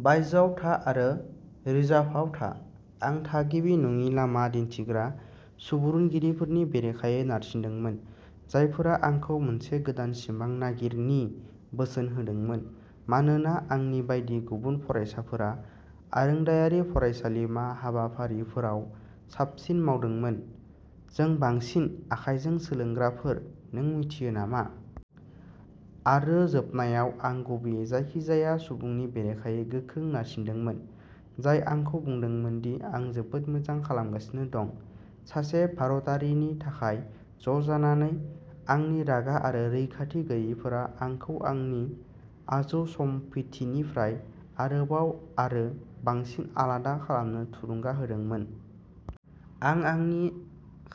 बायजोआव था आरो रिजार्भआव था। आं थागिबि नङि लामा दिन्थिग्रा सुबुरुनगिरिफोरनि बेरेखायै नारसिंदोंमोन, जायफोरा आंखौ मोनसे गोदान सिमां नागिर नि बोसोन होदोंमोन, मानोना आंनि बायदि गुबुन फरायसाफोरा आरोंदायारि फरायसालिमा हाबाफारिफोराव साबसिन मावदोंमोन। जों बांसिन, आखायजों सोलोंग्राफोर, नों मिथियो नामा? आरो जोबनायाव, आं गुबैयै जायखिजाया सुबुंनि बेरेखायै गोख्रों नारसिन्दोंमोन, जाय आंखौ बुंदोंमोन दि आं जोबोद मोजां खालामगासिनो दं। सासे भारतारिनि थाखाय। ज'जानानै, आंनि रागा आरो रैखाथि गैयैफोरा आंखौ आंनि आजौसमफथिनिफ्राय आरोबाव आरो बांसिन आलादा खालामनो थुलुंगा होदोंमोन। आं आंनि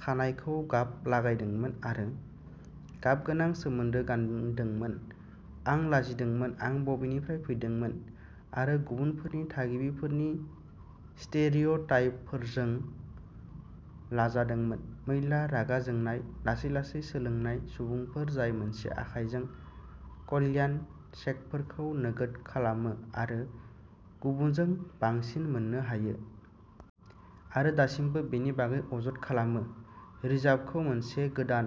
खानाइखौ गाब लागायदोंमोन आरो गाबगोनां सोमोन्दो गानदोंमोन। आं लाजिदोंमोन आं बबेनिफ्राय फैदोंमोन, आरो गुबुनफोरनि थागिबिफोरनि स्टेरियोटाइपफोरजों लाजादोंमोन। मैला, रागा जोंनाय, लासै-लासै सोलोंनाय सुबुंफोर जाय मोनसे आखाइजों कल्याण चेकफोरखौ नोगोद खालामो आरो गुबुनजों बांसिन मोननो हायो। आरो दासिमबो बेनि बागै अजद खालामो। रिजार्भखौ मोनसे गोदान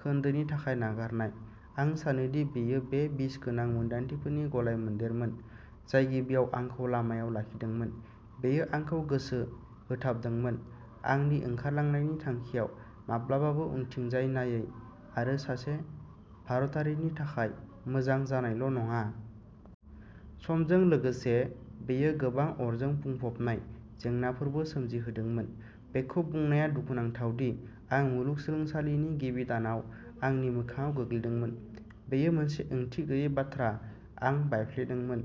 खोन्दोनि थाखाय नागारनाय। आं सानो दि बेयो बे बिसगोनां मोन्दांथिफोरनि गलायमोनदेरमोन जाय गिबियाव आंखौ लामायाव लाखिदोंमोन। बेयो आंखौ गोसो होथाबहोदोंमोन। आंनि ओंखारलांनायनि थांखिआव, माब्लाबाबो उनथिंजाय नायै, आरो सासे भारतारिनि थाखाय मोजां जानायल'नङा। समजों लोगोसे, बेयो गोबां अरजों बुंफबनाय जेंनाफोरबो सोमजिहोदोंमोन। बेखौ बुंनाया दुखुनांथाव दि आं मुलुगसोलोंसालिनि गिबि दानाव आंनि मोखांआव गोग्लैदोंमोन, बेयो मोनसे ओंथि गैयै बाथ्रा। आं बायफ्लेदोंमोन,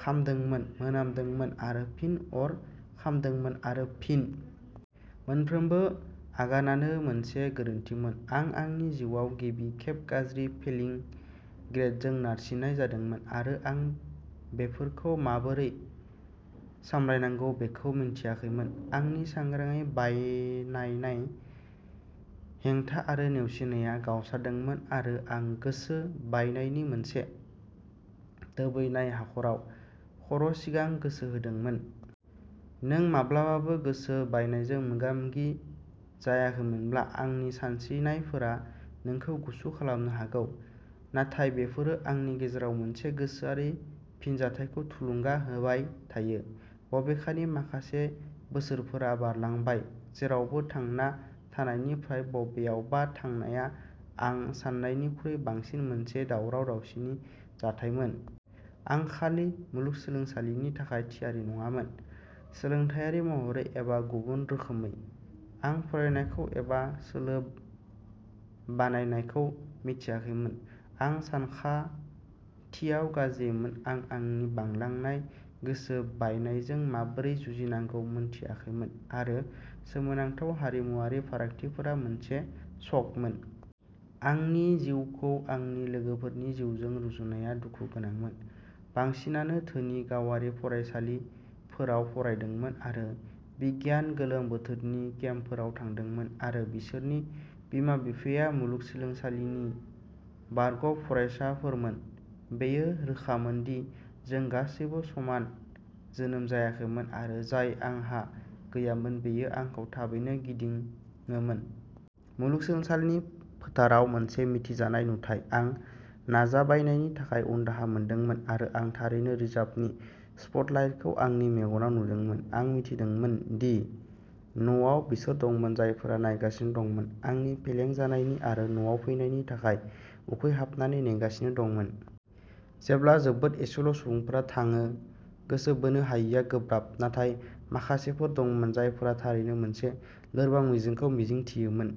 खामदोंमोन, मोनामदोंमोन, आरो फिन अर खामदोंमोन। आरो फिन -- मोनफ्रोमबो आगानानो मोनसे गोरोन्थिमोन। आं आंनि जिउआव गिबि खेब गाज्रि, फेलिं ग्रेडजों नारसिन्नाय जादोंमोन आरो आं बेफोरखौ माबोरै सामलायनांगौ बेखौ मिन्थियाखैमोन। आंनि सांग्राङै बायनायनाय हेंथा आरो नेवसिनाया गावस्रादोंमोन, आरो आं गोसो बायनायनि मोनसे दोबैनाय हाखराव खर'सिगां गोसो होदोंमोन। नों माब्लाबाबो गोसो बायनायजों मोगा-मोगि जायाखैमोनब्ला, आंनि सानस्रिनायफोरा नोंखौ गुसु खालामनो हागौ। नाथाय बेफोरो आंनि गेजेराव मोनसे गोसोआरि फिनजाथायखौ थुलुंगा होबाय थायो, बबेखानि माखासे बोसोरफोरा बारलांबाय। जेरावबो थांना थानायनिफ्राय बबेयावबा थांनाया आं सान्नायनिख्रुइ बांसिन मोनसे दावराव-दावसिनि जाथायमोन। आं खालि मुलुग सोलोंसालिनि थाखाय थियारि नङामोन, सोलोंथायारि महरै एबा गुबुन रोखोमै। आं फरायनायखौ एबा सोलो बानायनायखौ मिथियाखैमोन, आं सानखान्थियाव गाज्रिमोन, आं आंनि बांलांनाय गोसो बायनायजों माबोरै जुजिनांगौ मोनथियाखैमोन, आरो सोमोनांथाव हारिमुआरि फारागथिफोरा मोनसे शकमोन। आंनि जिउखौ आंनि लोगोफोरनि जिउजों रुजुननाया दुखु गोनांमोन। बांसिनानो धोनि गावारि फरायसालिफोराव फरायदोंमोन आरो बिगियान गोलोम बोथोरनि केम्पफोराव थांदोंमोन, आरो बिसोरनि बिमा-बिफाया मुलुगसोलोंसालिनि बारग'फरायसाफोरमोन। बेयो रोखामोन दि जों गासैबो समान जोनोम जायाखैमोन, आरो जाय आंहा गैयामोन बेयो आंखौ थाबैनो गिदिङोमोन। मुलुग सोलोंसालिनि फोथाराव मोनसे मिथिजानाय नुथाय। आं नाजाबायनायनि थाखाय उनदाहा मोनदोंमोन, आरो आं थारैनो रिजार्भनि स्पटलाइटखौ आंनि मेगनाव नुदोंमोन। आं मिथिदोंमोन दि न'आव बिसोर दंमोन जायफोरा नायगासिनो दंमोन, आंनि फेलें जानायनि आरो न'आव फैनायनि थाखाय उखैहाबनानै नेगासिनो दंमोन। जेब्ला जोबोद एसेल'सुबुंफोरा थाङो, गोसो बोनो हायैआ गोब्राब। नाथाय माखासेफोर दंमोन जायफोरा थारैनो मोनसे लोरबां मिजिंखौ मिजिंथियोमोन।